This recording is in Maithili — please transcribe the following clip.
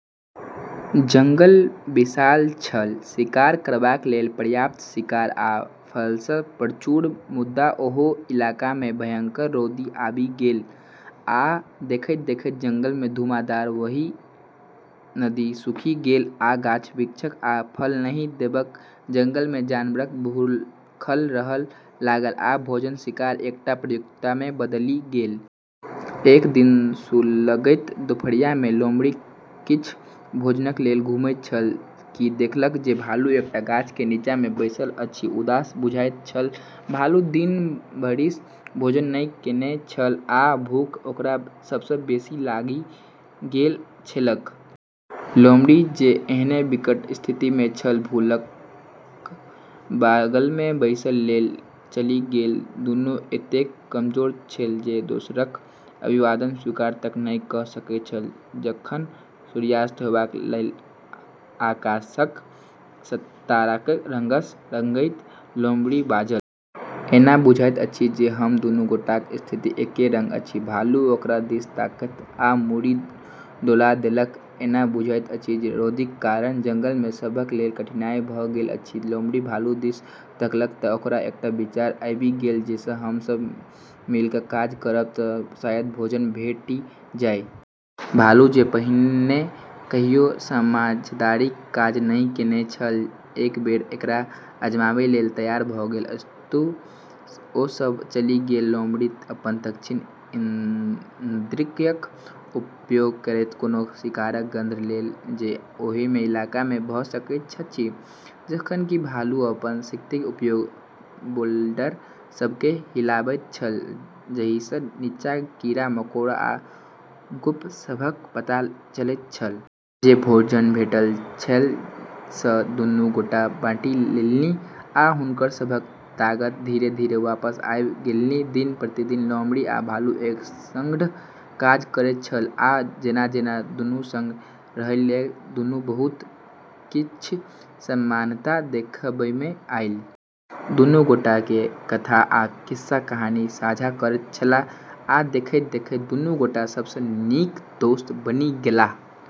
जंगल विशाल छल, शिकार करबाक लेल पर्याप्त शिकार आ फलसँ प्रचूर । मुदा, ओहि इलाकामे भयंकर रौदी आबि गेलै, आ देखैत-देखैत जंगलमे घुमावदार नदी सुखि गेलै, आ गाछ-बिरिछ आब फल नहि देलक। जंगलमे जानवर भूखल रहै लागल, आ भोजनक शिकार एकटा प्रतियोगितामे बदलि गेल। एक दिन सुलगैत दोपहरियामे लोमड़ी किछ भोजनक लेल घुमैत छल कि देखलक जे भालू एकटा गाछक निच्चाँ बैसल अछि, उदास बुझाइत छल। भालू दिन भरिसँ भोजन नहि केने छल, आ भूख ओकरा सबसँ बेशी लागि गेल छलैक। लोमड़ी, जे एहने विकट स्थितिमे छल, भालूक बगलमे बैसय लेल चलि गेल, दुन्नू एतेक कमजोर छल जे एक दोसराकेँ अभिवादन स्वीकार तक नहि क' सकैत छल। जखन सूर्यास्त होबय लागल, आकाशके संतराके रंगसँ रंगैत, लोमड़ी बाजल। "एना बुझाइत अछि जे हम दुन्नू गोटेक स्थिति एके रंग अछि। " भालू ओकरा दिस तकलक आ मुड़ी डोला देलक, "एना बुझाइत अछि। रौदीक कारणेँ जंगलमे सबहक लेल कठिनाई भ' गेल अछि। " लोमड़ी भालू दिस तकलक, त' ओकरा एकटा विचार आबि गेलै, "जँ हम सभ मिलिके काज करब त' शायद भोजन भेटि जाय। " भालू जे पहिने कहियो साझेदारीमे काज नहि केने छल, एक बेर एकरा आजमाबै लेल तैयार भ' गेल। अस्तु, ओ सभ चलि गेल, लोमड़ी अपन तीक्ष्ण इन्द्रियक उपयोग करैत कोनो शिकारक गंध लैत जे ओहि इलाकामे भ' सकैत अछि जखन कि भालू अपन शक्तिक उपयोग बोल्डर सभकेँ हिलाबैत छल, जाहिसँ निच्चाँ कीड़ा-मकोड़ा आ ग्रुब सभक पता चलैत छल। जे भोजन भेटल छल से दुन्नू गोटे बाँटि लेलनि, आ हुनकर सभक ताकत धीरे-धीरे वापस आबि गेलनि। दिन-प्रतिदिन लोमड़ी आ भालू एक सङ्ग काज करैत छल, आ जेना-जेना दुन्नू सङ्ग रहै लागल, दुन्नूमे बहुत किछ समानता देखबामे आयल। दुन्नू गोटे कथा आ किस्सा-कहानी साझा करैत छलाह, आ देखैत-देखैत दुन्नू गोटे सबसँ नीक दोस्त बनि गेलाह।